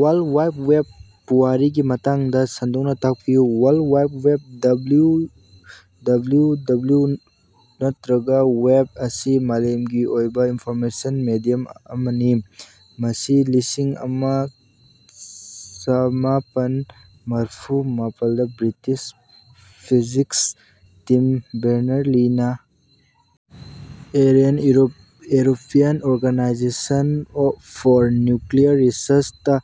World wide ꯋꯦꯕꯀꯤ ꯄꯨꯋꯥꯔꯤꯒꯤ ꯃꯇꯥꯡꯗ ꯁꯟꯗꯣꯛꯅ ꯇꯥꯛꯄꯤꯌꯨ꯫ World wide web (W W W ꯅꯠꯇꯔꯒ ꯋꯦꯕ) ꯑꯁꯤ ꯃꯥꯂꯦꯝꯒꯤ ꯑꯣꯏꯕ ꯏꯟꯐꯣꯔꯃꯦꯁꯟ ꯃꯦꯗꯤꯌꯝ ꯑꯃꯅꯤ ꯃꯁꯤ ꯂꯤꯁꯤꯡ ꯑꯃ ꯆꯃꯥꯄꯟ ꯃꯔꯐꯨ ꯃꯥꯄꯜꯗ ꯕ꯭ꯔꯤꯇꯤꯁ ꯐꯤꯖꯤꯠ ꯇꯤꯝ ꯕꯔꯅꯔꯁ-ꯂꯤꯅ ꯑꯦꯔꯦꯟ (ꯌꯨꯔꯣꯄꯤꯌꯟ ꯑꯣꯔꯒꯅꯥꯏꯖꯦꯁꯟ ꯐꯣꯔ ꯅ꯭ꯌꯨꯀ꯭ꯂꯤꯌꯔ ꯔꯤꯁꯔꯆ)ꯗꯥ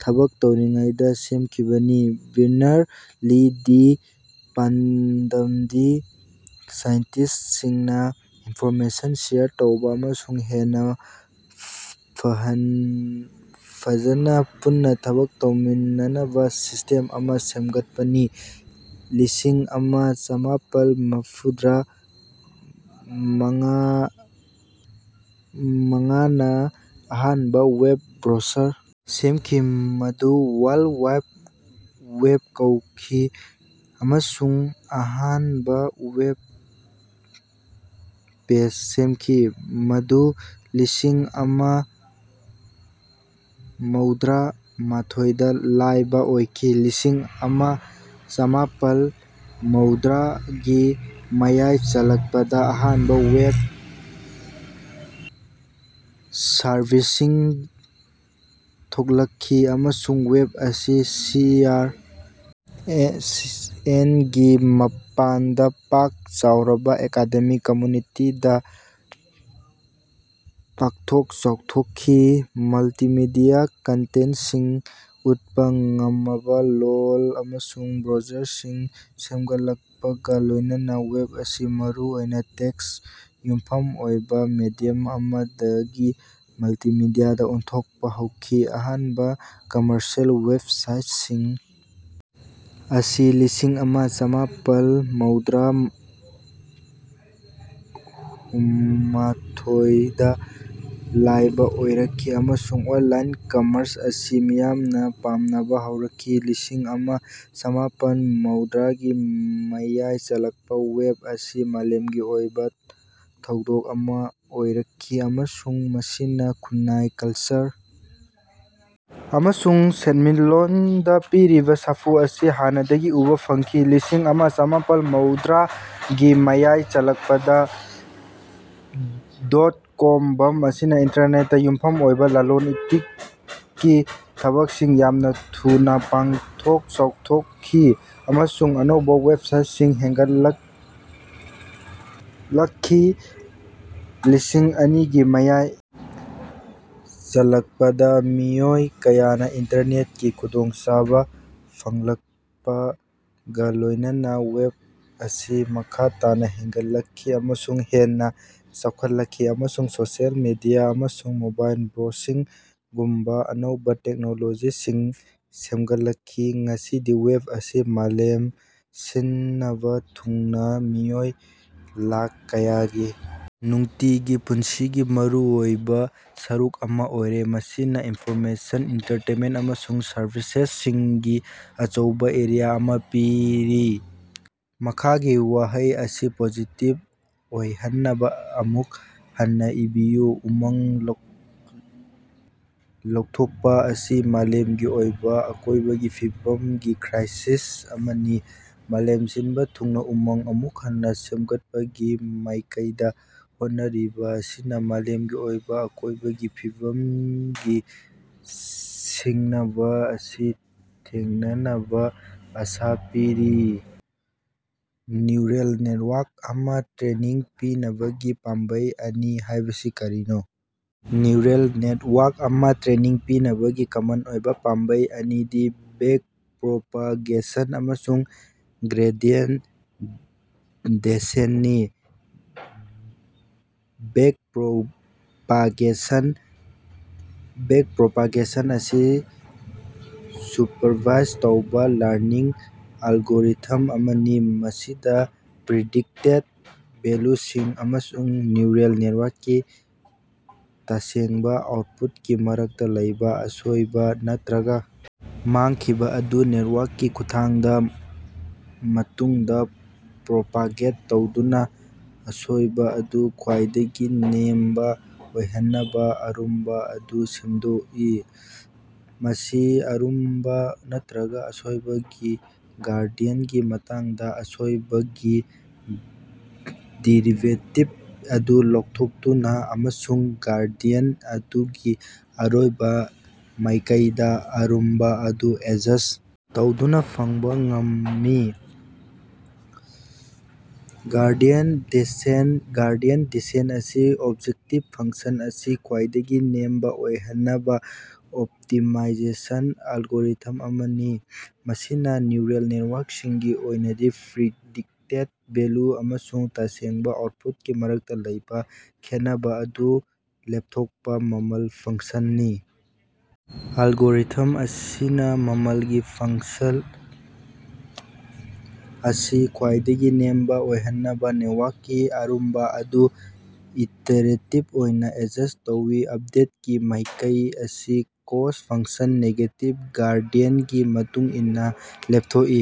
ꯊꯕꯛ ꯇꯧꯔꯤꯉꯩꯗꯥ ꯁꯦꯝꯈꯤꯕꯅꯤ꯫ ꯕꯔꯅꯔꯁ-ꯂꯤꯒꯤ ꯄꯥꯟꯗꯝꯗꯤ ꯁꯥꯏꯟꯇꯤꯁ꯭ꯇꯁꯤꯡꯅ ꯏꯟꯐꯣꯔꯃꯦꯁꯟ ꯁꯦꯌꯔ ꯇꯧꯕ ꯑꯃꯁꯨꯡ ꯍꯦꯟꯅ ꯐꯍꯟꯕ ꯐꯖꯅ ꯄꯨꯟꯅ ꯊꯕꯛ ꯇꯧꯃꯤꯟꯅꯅꯕ ꯁꯤꯁꯇꯦꯝ ꯑꯃ ꯁꯦꯝꯒꯠꯄꯅꯤ꯫ ꯂꯤꯁꯤꯡ ꯑꯃ ꯆꯃꯥꯄꯜ ꯃꯔꯐꯨꯗꯔꯥ ꯃꯪꯉꯥ ꯃꯪꯉꯅ ꯑꯍꯥꯟꯕ ꯋꯦꯕ ꯕ꯭ꯔꯥꯎꯁꯔ ꯁꯦꯝꯈꯤ, ꯃꯗꯨ "ꯋꯥꯔꯜꯗꯋꯥꯏꯗꯋꯦꯕ" ꯀꯧꯈꯤ ꯑꯃꯁꯨꯡ ꯑꯍꯥꯟꯕ ꯋꯦꯕ ꯄꯦꯖ ꯁꯦꯝꯈꯤ, ꯃꯗꯨ ꯂꯤꯁꯤꯡ ꯑꯃ ꯃꯧꯗꯔꯥ ꯃꯥꯊꯣꯏꯗ ꯂꯥꯏꯕ ꯑꯣꯏꯈꯤ꯫ ꯂꯤꯁꯤꯡ ꯑꯃ ꯆꯃꯥꯄꯜ ꯃꯧꯗꯔꯥ ꯒꯤ ꯃꯌꯥꯏ ꯆꯜꯂꯛꯄꯗ ꯑꯍꯥꯟꯕ ꯋꯦꯕ ꯁꯔꯚꯤꯁꯤꯡ ꯊꯣꯔꯛꯈꯤ ꯑꯃꯁꯨꯡ ꯋꯦꯕ ꯑꯁꯤ ꯁꯤ ꯑꯥꯔ ꯑꯦ ꯑꯦꯟ ꯒꯤ ꯃꯄꯥꯟꯗ ꯄꯥꯛ ꯆꯥꯎꯔꯕ ꯑꯦꯀꯥꯗꯦꯃꯤꯛ ꯀꯝꯃ꯭ꯌꯨꯅꯤꯇꯤꯗ ꯄꯥꯛꯊꯣꯛ ꯆꯥꯎꯊꯣꯛꯅꯈꯤ꯫ ꯃꯜꯇꯤꯃꯤꯗꯤꯌ ꯀꯟꯇꯦꯟꯠꯁꯤꯡ ꯎꯠꯄ ꯉꯝꯃꯕ ꯂꯣꯜ ꯑꯃꯁꯨꯡ ꯕ꯭ꯔꯥꯎꯖꯔꯁꯤꯡ ꯁꯦꯝꯒꯠꯂꯛꯄꯒ ꯂꯣꯏꯅꯅ ꯋꯦꯕ ꯑꯁꯤ ꯃꯔꯨ ꯑꯣꯏꯅ ꯇꯦꯛꯁ ꯌꯨꯝꯐꯝ ꯑꯣꯏꯕ ꯃꯦꯗꯤꯌꯝ ꯑꯃꯗꯒꯤ ꯃꯜꯇꯤꯃꯤꯗꯤꯌꯥꯗ ꯑꯣꯟꯊꯣꯛꯄ ꯍꯧꯈꯤ꯫ ꯑꯍꯥꯟꯕ ꯀꯝꯃꯔꯁꯤꯑꯦꯜ ꯋꯦꯕꯁꯥꯏꯠꯁꯤꯡ ꯑꯁꯤ ꯂꯤꯁꯤꯡ ꯑꯃ ꯆꯃꯥꯄꯜ ꯃꯧꯗꯔꯥ ꯍꯨꯃꯊꯣꯏ ꯗ ꯂꯥꯏꯕ ꯑꯣꯏꯔꯛꯈꯤ, ꯑꯃꯁꯨꯡ ꯑꯣꯟꯂꯥꯏꯟ ꯀꯝꯃ꯭ꯔꯁ ꯑꯁꯤ ꯃꯤꯌꯥꯝꯅ ꯄꯥꯝꯅꯕ ꯍꯧꯔꯛꯈꯤ꯫ ꯂꯤꯁꯤꯡ ꯑꯃ ꯆꯃꯥꯄꯜ ꯃꯧꯗꯔꯥꯒꯤ ꯃꯌꯥꯏ ꯆꯜꯂꯛꯄ ꯋꯦꯕ ꯑꯁꯤ ꯃꯥꯂꯦꯝꯒꯤ ꯑꯣꯏꯕ ꯊꯧꯗꯣꯛ ꯑꯃ ꯑꯣꯏꯔꯛꯈꯤ, ꯑꯃꯁꯨꯡ ꯃꯁꯤꯅ ꯈꯨꯟꯅꯥꯏ, ꯀ꯭ꯂꯆꯔ ꯑꯃꯁꯨꯡ ꯁꯦꯟꯃꯤꯠꯂꯣꯟꯗ ꯄꯤꯔꯤꯕꯥ ꯁꯥꯐꯨ ꯑꯁꯤ ꯍꯥꯟꯅꯗꯒꯤ ꯎꯕꯥ ꯐꯪꯈꯤ꯫ ꯂꯤꯁꯤꯡ ꯑꯃ ꯆꯃꯥꯄꯜ ꯃꯧꯗꯔꯥ ꯒꯤ ꯃꯌꯥꯏ ꯆꯜꯂꯛꯄꯗ ꯗꯣꯠ-ꯀꯣꯝ ꯕꯝ ꯑꯁꯤꯅ ꯏꯟꯇꯔꯅꯦꯠꯇ ꯌꯨꯝꯐꯝ ꯑꯣꯏꯕ ꯂꯂꯣꯟ-ꯏꯇꯤꯛꯀꯤ ꯊꯕꯛꯁꯤꯡ ꯌꯥꯝꯅ ꯊꯨꯅ ꯄꯥꯡꯊꯣꯛ-ꯆꯥꯎꯊꯣꯛꯈꯤ ꯑꯃꯁꯨꯡ ꯑꯅꯧꯕꯥ ꯋꯦꯕꯁꯥꯏꯠꯁꯤꯡ ꯍꯦꯡꯒꯠꯂꯛ ꯂꯛꯈꯤ꯫ ꯂꯤꯁꯤꯡ ꯑꯅꯤꯒꯤ ꯃꯌꯥꯏ ꯆꯜꯂꯛꯄꯗ, ꯃꯤꯑꯣꯏ ꯀꯌꯥꯅ ꯏꯟꯇꯔꯅꯦꯠꯀꯤ ꯈꯨꯗꯣꯡꯆꯥꯕ ꯐꯪꯂꯛꯄꯒ ꯂꯣꯏꯅꯅ, ꯋꯦꯕ ꯑꯁꯤ ꯃꯈꯥ ꯇꯥꯅ ꯍꯦꯟꯒꯠꯂꯛꯈꯤ ꯑꯃꯁꯨꯡ ꯍꯦꯟꯅ ꯆꯥꯎꯈꯠꯂꯛꯈꯤ, ꯑꯃꯁꯨꯡ ꯁꯣꯁꯤꯑꯦꯜ ꯃꯤꯗꯤꯌ ꯑꯃꯁꯨꯡ ꯃꯣꯕꯥꯏꯜ ꯕ꯭ꯔꯥꯎꯁꯤꯡꯒꯨꯝꯕ ꯑꯅꯧꯕꯥ ꯇꯦꯛꯅꯣꯂꯣꯖꯤꯁꯤꯡ ꯁꯦꯝꯒꯠꯂꯛꯈꯤ꯫ ꯉꯁꯤꯗꯤ ꯋꯦꯕ ꯑꯁꯤ ꯃꯥꯂꯦꯝ ꯁꯤꯅꯕ ꯊꯨꯡꯅ ꯃꯤꯑꯣꯏ ꯂꯥꯈ ꯀꯌꯥꯒꯤ ꯅꯨꯡꯇꯤꯒꯤ ꯄꯨꯟꯁꯤꯒꯤ ꯃꯔꯨꯑꯣꯏꯕꯥ ꯁꯔꯨꯛ ꯑꯃꯥ ꯑꯣꯏꯔꯦ, ꯃꯁꯤꯅꯥ ꯏꯅꯐꯣꯔꯃꯦꯁꯟ, ꯑꯦꯟꯇꯔꯇꯦꯟꯃꯦꯟꯠ ꯑꯃꯁꯨꯡ ꯁꯔꯚꯤꯁꯦꯁꯁꯤꯡꯒꯤ ꯑꯆꯧꯕ ꯑꯦꯔꯤꯌꯥ ꯑꯃ ꯄꯤꯔꯤ꯫ ꯃꯈꯥꯒꯤ ꯋꯥꯍꯩ ꯑꯁꯤ ꯄꯣꯖꯤꯇꯤꯕ ꯑꯣꯏꯍꯟꯅꯕ ꯑꯃꯨꯛ ꯍꯟꯅ ꯏꯕꯤꯌꯨ: ꯎꯃꯪ ꯂꯧ ꯂꯧꯊꯣꯛꯄ ꯑꯁꯤ ꯃꯥꯂꯦꯝꯒꯤ ꯑꯣꯏꯕ ꯑꯀꯣꯏꯕꯒꯤ ꯐꯤꯕꯝꯒꯤ ꯀ꯭ꯔꯥꯏꯁꯤꯁ ꯑꯃꯅꯤ꯫ ꯃꯥꯂꯦꯝ ꯁꯤꯟꯕ ꯊꯨꯡꯅ ꯎꯃꯪ ꯑꯃꯨꯛ ꯍꯟꯅ ꯁꯦꯃꯒꯠꯄꯒꯤ ꯃꯥꯏꯀꯩꯗꯥ ꯍꯣꯠꯅꯔꯤꯕ ꯑꯁꯤꯅ ꯃꯥꯂꯦꯃꯒꯤ ꯑꯣꯏꯕ ꯑꯀꯣꯏꯕꯒꯤ ꯐꯤꯕꯝꯒꯤ ꯁꯤꯡꯅꯕ ꯑꯁꯤ ꯊꯦꯡꯅꯅꯕ ꯑꯁꯥ ꯄꯤꯔꯤ꯫ ꯅ꯭ꯌꯨꯔꯜ ꯅꯦꯠꯋꯥ꯭ꯔꯛ ꯑꯃꯥꯇ꯭ꯔꯦꯅꯤꯡ ꯄꯤꯅꯕꯒꯤ ꯄꯥꯝꯕꯩ ꯑꯅꯤ ꯍꯥꯏꯕꯁꯤ ꯀꯔꯤꯅꯣ? ꯅ꯭ꯌꯨꯔꯜ ꯅꯦꯠꯋꯥ꯭ꯔꯛ ꯑꯃ ꯇ꯭ꯔꯦꯅꯤꯡ ꯄꯤꯅꯕꯒꯤ ꯀꯃꯟ ꯑꯣꯏꯕ ꯄꯥꯝꯕꯩ ꯑꯅꯤꯗꯤ ꯕꯦꯛꯄ꯭ꯔꯣꯄꯥꯒꯦꯁꯟ ꯑꯃꯁꯨꯡ ꯒ꯭ꯔꯦꯗꯤꯌꯦꯟꯠ ꯗꯦꯁꯦꯟꯠꯅꯤ꯫ ꯕꯦꯛꯄ꯭ꯔꯣꯄꯥꯒꯦꯁꯟ: ꯕꯦꯛꯄ꯭ꯔꯣꯄꯥꯒꯦꯁꯟ ꯑꯁꯤ ꯁꯨꯞꯄꯔꯚꯥꯏꯖ ꯇꯧꯔꯕ ꯂꯔꯅꯤꯡ ꯑꯦꯜꯒꯣꯔꯤꯊꯝ ꯑꯃꯅꯤ ꯃꯁꯤꯗ ꯄ꯭ꯔꯤꯗꯤꯛꯇꯦꯗ ꯚꯦꯜꯌꯨꯁꯤꯡ ꯑꯃꯁꯨꯡ ꯅ꯭ꯌꯨꯔꯜ ꯅꯦꯠꯋꯥ꯭ꯔꯛꯀꯤ ꯇꯁꯦꯡꯕ ꯑꯥꯎꯠꯄꯨꯠꯀꯤ ꯃꯔꯛꯇ ꯂꯩꯕ ꯑꯁꯣꯏꯕ ꯅꯠꯇꯔꯒ ꯃꯥꯡꯈꯤꯕ ꯑꯗꯨ ꯅꯦꯠꯋꯥ꯭ꯔꯛꯀꯤ ꯈꯨꯠꯊꯥꯡꯗ ꯃꯇꯨꯡꯗ ꯄ꯭ꯔꯣꯄꯥꯒꯦꯠ ꯇꯧꯗꯨꯅ ꯑꯁꯣꯏꯕ ꯑꯗꯨ ꯈ꯭ꯋꯥꯏꯗꯒꯤ ꯅꯦꯝꯕ ꯑꯣꯏꯍꯟꯅꯕ ꯑꯔꯨꯝꯕ ꯑꯗꯨ ꯁꯦꯝꯗꯣꯛꯏ꯫ ꯃꯁꯤ ꯑꯔꯨꯝꯕ ꯅꯠꯇꯔꯒ ꯑꯁꯣꯏꯕꯒꯤ ꯒꯥꯔꯗꯤꯌꯦꯟꯠꯀꯤ ꯃꯇꯥꯡꯗ ꯑꯁꯣꯏꯕꯒꯤ ꯗꯦꯔꯤꯕꯦꯇꯤꯕ ꯑꯗꯨ ꯂꯦꯞꯊꯣꯛꯇꯨꯅ ꯑꯃꯁꯨꯡ ꯒꯥꯔꯗꯤꯌꯦꯟꯠ ꯑꯗꯨꯒꯤ ꯑꯔꯣꯏꯕ ꯃꯥꯏꯀꯩꯗ ꯑꯔꯨꯝꯕ ꯑꯗꯨ ꯑꯦꯗꯖ꯭ꯁꯠ ꯇꯧꯗꯨꯅ ꯐꯪꯕ ꯉꯝꯃꯤ꯫ ꯒꯥꯔꯗꯤꯌꯦꯟꯠ ꯗꯦꯁꯦꯟꯠ: ꯒꯥꯔꯗꯤꯌꯦꯟꯠ ꯗꯦꯁꯦꯟꯠ ꯑꯁꯤ ꯑꯣꯕꯖꯦꯛꯇꯤꯕ ꯐꯪꯁꯟ ꯑꯁꯤ ꯈ꯭ꯋꯥꯏꯗꯒꯤ ꯅꯦꯝꯕ ꯑꯣꯏꯍꯟꯅꯕ ꯑꯣꯞꯇꯤꯃꯥꯏꯖꯦꯁꯟ ꯑꯦꯜꯒꯣꯔꯤꯊꯝ ꯑꯃꯅꯤ, ꯃꯁꯤꯅ ꯅ꯭ꯌꯨꯔꯜ ꯅꯦꯠꯋꯥ꯭ꯔꯛꯁꯤꯡꯒꯤ ꯑꯣꯏꯅꯗꯤ ꯄ꯭ꯔꯤꯗꯤꯛꯇꯦꯗ ꯚꯦꯜꯌꯨ ꯑꯃꯁꯨꯡ ꯇꯁꯦꯡꯕ ꯑꯥꯎꯠꯄꯨꯠꯀꯤ ꯃꯔꯛꯇ ꯂꯩꯕ ꯈꯦꯠꯅꯕ ꯑꯗꯨ ꯂꯦꯞꯊꯣꯛꯄ ꯃꯃꯜ ꯐꯪꯁꯟꯅꯤ꯫ ꯑꯦꯂꯒꯣꯔꯤꯊꯝ ꯑꯁꯤꯅ ꯃꯃꯜꯒꯤ ꯐꯪꯁꯜ ꯑꯁꯤ ꯈ꯭ꯋꯥꯏꯗꯒꯤ ꯅꯦꯝꯕ ꯑꯣꯏꯍꯟꯅꯕ ꯅꯦꯠꯋꯥ꯭ꯔꯛꯀꯤ ꯑꯔꯨꯝꯕ ꯑꯗꯨ ꯏꯇꯦꯔꯦꯇꯤꯕ ꯑꯣꯏꯅ ꯑꯦꯗꯖ꯭ꯁꯠ ꯇꯧꯏ꯫ ꯑꯞꯗꯦꯠꯀꯤ ꯃꯥꯏꯀꯩ ꯑꯁꯤ ꯀ꯭ꯣꯁꯠ ꯐꯪꯁꯟ ꯅꯦꯒꯦꯇꯤꯕ ꯒꯥꯔꯗꯤꯌꯦꯟꯠꯀꯤ ꯃꯇꯨꯡ ꯏꯟꯅ ꯂꯦꯞꯊꯣꯛꯏ꯫